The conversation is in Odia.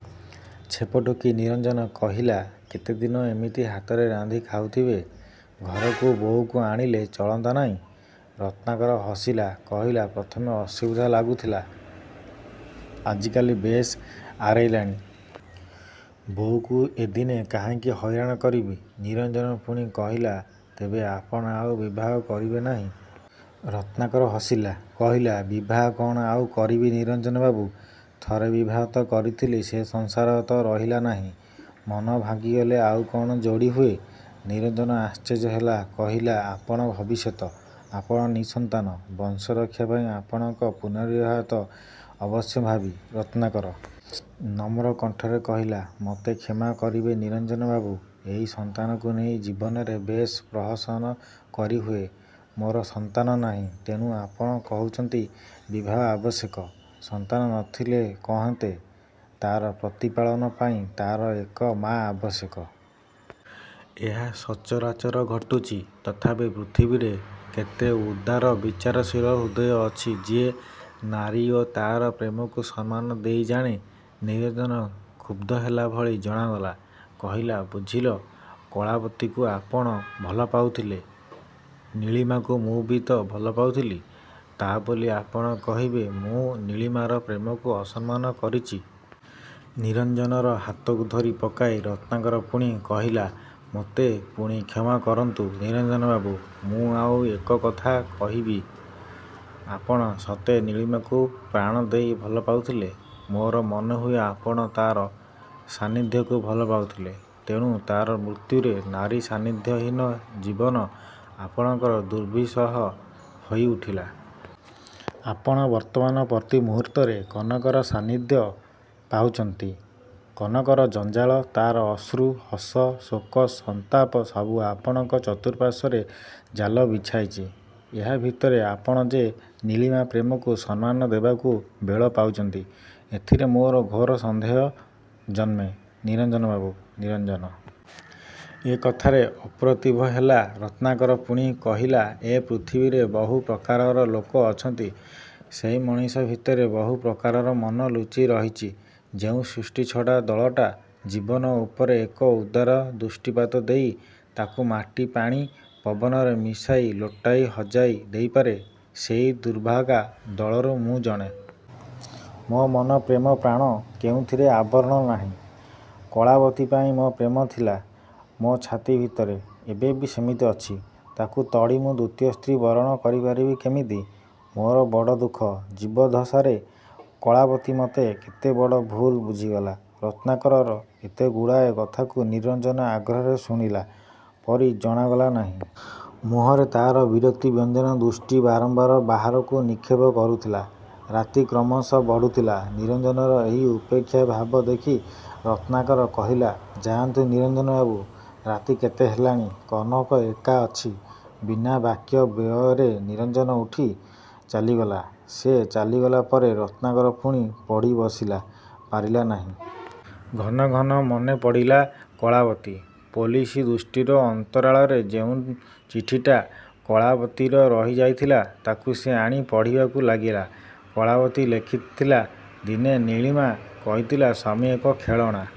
ଛେପ ଢୋକି ନିରଞ୍ଜନ କହିଲା, "କେତେଦିନ ଏମିତି ହାତରେ ରାନ୍ଧି ଖାଉଥିବେ? ଘରକୁ ବୋଉକୁ ଆଣିଲେ ଚଳନ୍ତା ନାଇଁ?" ରତ୍ନାକର ହସିଲା, କହିଲା, "ପ୍ରଥମେ ଅସୁବିଧା ଲାଗୁଥିଲା, ଆଜିକାଲି ବେଶ୍ ଆରେଇଲାଣି। ବୋଉକୁ ଏଦିନେ କାହିଁକି ହଇରାଣ କରିବି?" ନିରଞ୍ଜନ ପୁଣି କହିଲା, "ତେବେ ଆପଣ ଆଉ ବିବାହ କରିବେ ନାହିଁ?" ରତ୍ନାକର ହସିଲା, କହିଲା, "ବିବାହ କ'ଣ ଆଉ କରିବି ନିରଞ୍ଜନବାବୁ? ଥରେ ବିବାହ ତ କରିଥିଲି, ସେ ସଂସାର ତ ରହିଲା ନାହିଁ! ମନ ଭାଙ୍ଗିଗଲେ ଆଉ କଣ ଯୋଡ଼ି ହୁଏ!" ନିରଞ୍ଜନ ଆଶ୍ଚର୍ଯ୍ୟ ହେଲା, କହିଲା, "ଆପଣଙ୍କ ଭବିଷ୍ୟତ? ଆପଣ ନିଃସନ୍ତାନ। ବଂଶରକ୍ଷା ପାଇଁ ଆପଣଙ୍କ ପୁନର୍ବିବାହ ତ ଅବଶ୍ୟମ୍ଭାବୀ।"ରତ୍ନାକର ନମ୍ର କଣ୍ଠରେ କହିଲା, "ମତେ କ୍ଷମା କରିବେ ନିରଞ୍ଜନବାବୁ! ଏଇ ସନ୍ତାନକୁ ନେଇ ଜୀବନରେ ବେଶ୍ ପ୍ରହସନ କରି ହୁଏ। ମୋର ସନ୍ତାନ ନାହିଁ, ତେଣୁ ଆପଣ କହୁଚନ୍ତି, ବିବାହ ଆବଶ୍ୟକ। ସନ୍ତାନ ଥିଲେ କହନ୍ତେ, ତାର ପ୍ରତିପାଳନ ପାଇଁ ତାର ଏକ ମାଆ ଆବଶ୍ୟକ। ଏହା ସଚରାଚର ଘଟୁଚି। ତଥାପି ପୃଥିବୀରେ କେତେ ଉଦାର, ବିଚାରଶୀଳ ହୃଦୟ ଅଛି, ଯିଏ ନାରୀ ଓ ତାର ପ୍ରେମକୁ ସମ୍ମାନ ଦେଇ ଜାଣେ!" ନିରଞ୍ଜନ କ୍ଷୁବ୍ଧ ହେଲା ଭଳି ଜଣାଗଲା। କହିଲା, "ବୁଝିଲ, କଳାବତୀକୁ ଆପଣ ଭଲପାଉଥିଲେ! ନୀଳିମାକୁ ମୁଁ ବି ତ ଭଲପାଉଥିଲି, ତା' ବୋଲି ଆପଣ କହିବେ, ମୁଁ ନୀଳିମାର ପ୍ରେମକୁ ଅସମ୍ମାନ କରିଚି?" ନିରଞ୍ଜନର ହାତକୁ ଧରି ପକାଇ ରତ୍ନାକର ପୁଣି କହିଲା, "ମୋତେ ପୁଣି କ୍ଷମା କରନ୍ତୁ ନିରଞ୍ଜନବାବୁ। ମୁଁ ଆଉ ଏକ କଥା କହିବି। ଆପଣ ସତେ ନୀଳିମାକୁ ପ୍ରାଣ ଦେଇ ଭଲପାଉଥିଲେ? ମୋର ମନେହୁଏ ଆପଣ ତାର ସାନ୍ନିଧ୍ୟକୁ ଭଲପାଉଥିଲେ। ତେଣୁ ତାର ମୃତ୍ୟୁରେ ନାରୀ ସାନ୍ନିଧ୍ୟହୀନ ଜୀବନ ଆପଣଙ୍କର ଦୁର୍ବିସହ ହୋଇ ଉଠିଲା। ଆପଣ ବର୍ତ୍ତମାନ ପ୍ରତି ମୁହୂର୍ତ୍ତରେ କନକର ସାନ୍ନିଧ୍ୟ ପାଉଚନ୍ତି। କନକର ଜଞ୍ଜାଳ, ତାର ଅଶ୍ରୁ, ହସ, ଶୋକ, ସନ୍ତାପ ସବୁ ଆପଣଙ୍କ ଚତୁଃପାର୍ଶ୍ୱରେ ଜାଲ ବିଛାଇଚି। ଏହା ଭିତରେ ଆପଣ ଯେ ନୀଳିମା ପ୍ରେମକୁ ସମ୍ମାନ ଦେବାକୁ ବେଳ ପାଉଚନ୍ତି ଏଥିରେ ମୋର ଘୋର ସନ୍ଦେହ ଜନ୍ମେ ନିରଞ୍ଜନବାବୁ।"ନିରଞ୍ଜନ ଏ କଥାରେ ଅପ୍ରତିଭ ହେଲା। ରତ୍ନାକର ପୁଣି କହିଲା, "ଏ ପୃଥିବୀରେ ବହୁ ପ୍ରକାରର ଲୋକ ଅଛନ୍ତି। ସେଇ ମଣିଷ ଭିତରେ ବହୁ ପ୍ରକାର ମନ ଲୁଚି ରହିଚି। ଯେଉଁ ସୃଷ୍ଟିଛଡ଼ା ଦଳଟା ଜୀବନ ଉପରେ ଏକ ଉଦାର ଦୃଷ୍ଟିପାତ ଦେଇ, ତାକୁ ମାଟି ପାଣି ପବନରେ ମିଶାଇ ଲୋଟାଇ ହଜାଇ ଦେଇପାରେ, ସେଇ ଦୁର୍ଭାଗା ଦଳରୁ ମୁଁ ଜଣେ। ମୋ ମନ ପ୍ରେମ ପ୍ରାଣ କେଉଁଥିରେ ଆବରଣ ନାହିଁ, କଳାବତୀ ପାଇଁ ମୋ ପ୍ରେମ ଥିଲା, ମୋ ଛାତି ଭିତରେ ଏବେ ବି ସେମିତି ଅଛି। ତାକୁ ତଡ଼ି ମୁଁ ଦ୍ଵିତୀୟ ସ୍ତ୍ରୀ ବରଣ କରିପାରିବି କେମିତି? ମୋର ବଡ଼ ଦୁଃଖ, ଜୀବଦ୍ଦଶାରେ କଳାବତୀ ମତେ କେତେ ବଡ଼ ଭୁଲ୍ ବୁଝିଗଲା"ରତ୍ନାକରର ଏତେଗୁଡ଼ାଏ କଥାକୁ ନିରଞ୍ଜନ ଆଗ୍ରହରେ ଶୁଣିଲା ପରି ଜଣାଗଲା ନାହିଁ। ମୁହଁରେ ତାର ବିରକ୍ତିବ୍ୟଞ୍ଜକ ଦୃଷ୍ଟି ବାରମ୍ବାର ବାହାରକୁ ନିକ୍ଷେପ କରୁଥିଲା। ରାତି କ୍ରମଶଃ ବଢ଼ୁଥିଲା, ନିରଞ୍ଜନର ଏହି ଉପେକ୍ଷା ଭାବ ଦେଖି ରତ୍ନାକର କହିଲା, "ଯାଆନ୍ତୁ ନିରଞ୍ଜନବାବୁ, ରାତି କେତେ ହେଲାଣି, କନକ ଏକା ଅଛି।"ବିନା ବାକ୍ୟ ବ୍ୟୟରେ ନିରଞ୍ଜନ ଉଠି ଚାଲିଗଲା। ସେ ଚାଲିଗଲା ପରେ ରତ୍ନାକର ପୁଣି ପଢ଼ି ବସିଲା ପାରିଲା ନାହିଁ। ଘନଘନ ମନେପଡ଼ିଲା କଳାବତୀ। ପୋଲିସ ଦୃଷ୍ଟିର ଅନ୍ତରାଳରେ ଯେଉଁ ଚିଠିଟା କଳାବତୀର ରହି ଯାଇଥିଲା, ତାକୁ ସେ ଆଣି ପଢ଼ିବାକୁ ଲାଗିଲା କଳାବତୀ ଲେଖିଥିଲା, "ଦିନେ ନୀଳିମା କହିଥିଲା, ସ୍ଵାମୀ ଏକ ଖେଳଣା,"